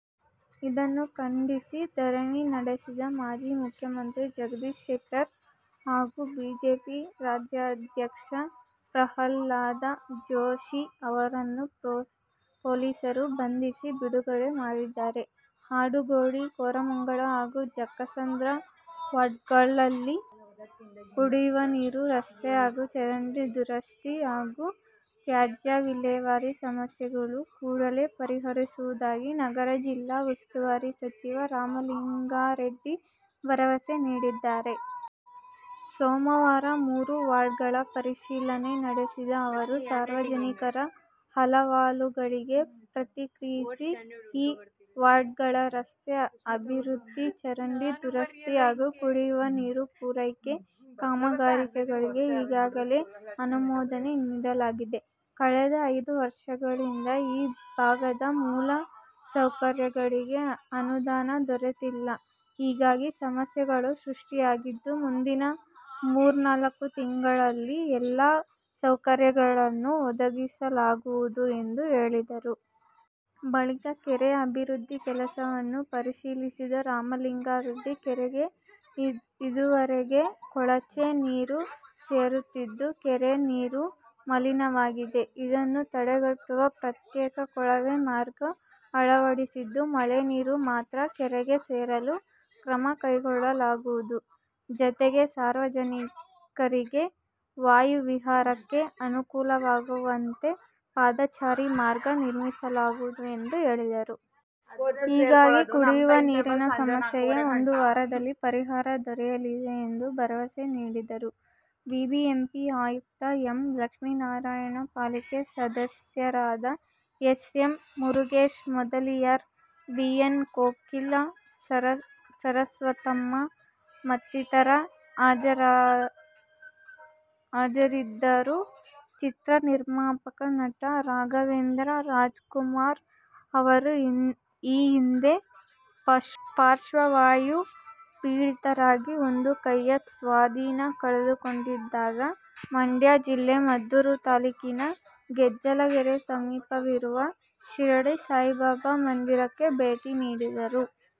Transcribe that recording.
ಇದನ್ನು ಖಂಡಿಸಿ ಧರಣಿ ನಡೆಸಿದ ಮಾಜಿ ಮುಖ್ಯಮಂತ್ರಿ ಜಗದೀಶ ಶೆಟ್ಟರ್ ಹಾಗೂಬಿಜೆಪಿ ರಾಜ್ಯಾಧ್ಯಕ್ಷ ಪ್ರಹ್ಲಾದ ಜೋಶಿ ಅವರನ್ನು ಪೊಲೀಸರು ಬಂಧಿಸಿ ಬಿಡುಗಡೆ ಮಾಡಿದ್ದಾರೆ. ಆಡುಗೋಡಿ, ಕೋರಮಂಗಲ ಹಾಗೂ ಜಕ್ಕಸಂದ್ರ ವಾರ್ಡ್ಗಳಲ್ಲಿನ ಕುಡಿಯುವ ನೀರು, ರಸ್ತೆ ಹಾಗೂ ಚರಂಡಿ ದುರಸ್ತಿ ಹಾಗೂ ತ್ಯಾಜ್ಯ ವಿಲೇವಾರಿ ಸಮಸ್ಯೆಗಳನ್ನು ಕೂಡಲೇ ಪರಿಹರಿಸುವುದಾಗಿ ನಗರ ಜಿಲ್ಲಾ ಉಸ್ತುವಾರಿ ಸಚಿವ ರಾಮಲಿಂಗಾರೆಡ್ಡಿ ಭರವಸೆ ನೀಡಿದ್ದಾರೆ. ಸೋಮವಾರ ಮೂರೂ ವಾರ್ಡ್ಗಳ ಪರಿಶೀಲನೆ ನಡೆಸಿದ ಅವರು, ಸಾರ್ವಜನಿಕರ ಅಹವಾಲುಗಳಿಗೆ ಪ್ರತಿಕ್ರಿಯಿಸಿ, ಈ ವಾರ್ಡ್ಗಳ ರಸ್ತೆ ಅಭಿವೃದ್ಧಿ, ಚರಂಡಿ ದುರಸ್ತಿ ಹಾಗೂ ಕುಡಿಯುವ ನೀರು ಪೂರೈಕೆ ಕಾಮಗಾರಿಗಳಿಗೆ ಈಗಾಗಲೇ ಅನುಮೋದನೆ ನೀಡಲಾಗಿದೆ. ಕಳೆದ ಐದು ವರ್ಷಗಳಿಂದ ಈ ಭಾಗದ ಮೂಲ ಸೌಕರ್ಯಗಳಿಗೆ ಅನುದಾನ ದೊರೆತಿಲ್ಲ. ಹೀಗಾಗಿ, ಸಮಸ್ಯೆಗಳು ಸೃಷ್ಟಿಯಾಗಿದ್ದು ಮುಂದಿನ ಮೂರ್ನಾಲ್ಕು ತಿಂಗಳಲ್ಲಿ ಎಲ್ಲಾ ಸೌಕರ್ಯಗಳನ್ನೂ ಒದಗಿಸಲಾಗುವುದು ಎಂದು ಹೇಳಿದರು. ಬಳಿಕ ಕೆರೆ ಅಭಿವೃದ್ಧಿ ಕೆಲಸವನ್ನು ಪರಿಶೀಲಿಸಿದ ರಾಮಲಿಂಗಾರೆಡ್ಡಿ, ಕೆರೆಗೆ ಇದುವರೆಗೆ ಕೊಳಚೆ ನೀರು ಸೇರುತ್ತಿದ್ದು ಕೆರೆ ನೀರು ಮಲಿನವಾಗಿದೆ. ಇದನ್ನು ತಡೆಗಟ್ಟಲು ಪ್ರತ್ಯೇಕ ಕೊಳವೆ ಮಾರ್ಗ ಅಳವಡಿಸಿದ್ದು, ಮಳೆ ನೀರು ಮಾತ್ರ ಕೆರೆಗೆ ಸೇರಲು ಕ್ರಮ ಕೈಗೊಳ್ಳಲಾಗುವುದು. ಜತೆಗೆ, ಸಾರ್ವಜನಿಕರಿಗೆ ವಾಯುವಿಹಾರಕ್ಕೆ ಅನುಕೂಲವಾಗುವಂತೆ ಪಾದಚಾರಿ ಮಾರ್ಗ ನಿರ್ಮಿಸಲಾಗುವುದು ಎಂದು ಹೇಳಿದರು. ಹೀಗಾಗಿ ಕುಡಿಯುವ ನೀರಿನ ಸಮಸ್ಯೆಗೆ ಒಂದು ವಾರದಲ್ಲಿ ಪರಿಹಾರ ದೊರೆಯಲಿದೆ ಎಂದು ಭರವಸೆ ನೀಡಿದರು. ಬಿಬಿಎಂಪಿ ಆಯುಕ್ತ ಎಂ. ಲಕ್ಷ್ಮೀನಾರಾಯಣ, ಪಾಲಿಕೆ ಸದಸ್ಯರಾದ S. M. Murugesh Mudaliar, B. N. Kokila, Saraswathamma ಮತ್ತಿತರರು ಹಾಜರಿದ್ದರು. ಚಿತ್ರ ನಿರ್ಮಾಪಕ, ನಟ ರಾಘವೇಂದ್ರ ರಾಜ್ಕುಮಾರ್ ಅವರು ಈ ಹಿಂದೆ ಪಾರ್ಶ್ವವಾಯು ಪೀಡಿತರಾಗಿ ಒಂದು ಕೈಯ ಸ್ವಾಧೀನ ಕಳೆದುಕೊಂಡಿದ್ದಾಗ ಮಂಡ್ಯ ಜಿಲ್ಲೆ ಮದ್ದೂರು ತಾಲೂಕಿನ ಗೆಜ್ಜಲಗೆರೆ ಸಮೀಪವಿರುವ ಶಿರಡಿ ಸಾಯಿಬಾಬಾ ಮಂದಿರಕ್ಕೆ ಭೇಟಿ ನೀಡಿದ್ದರು.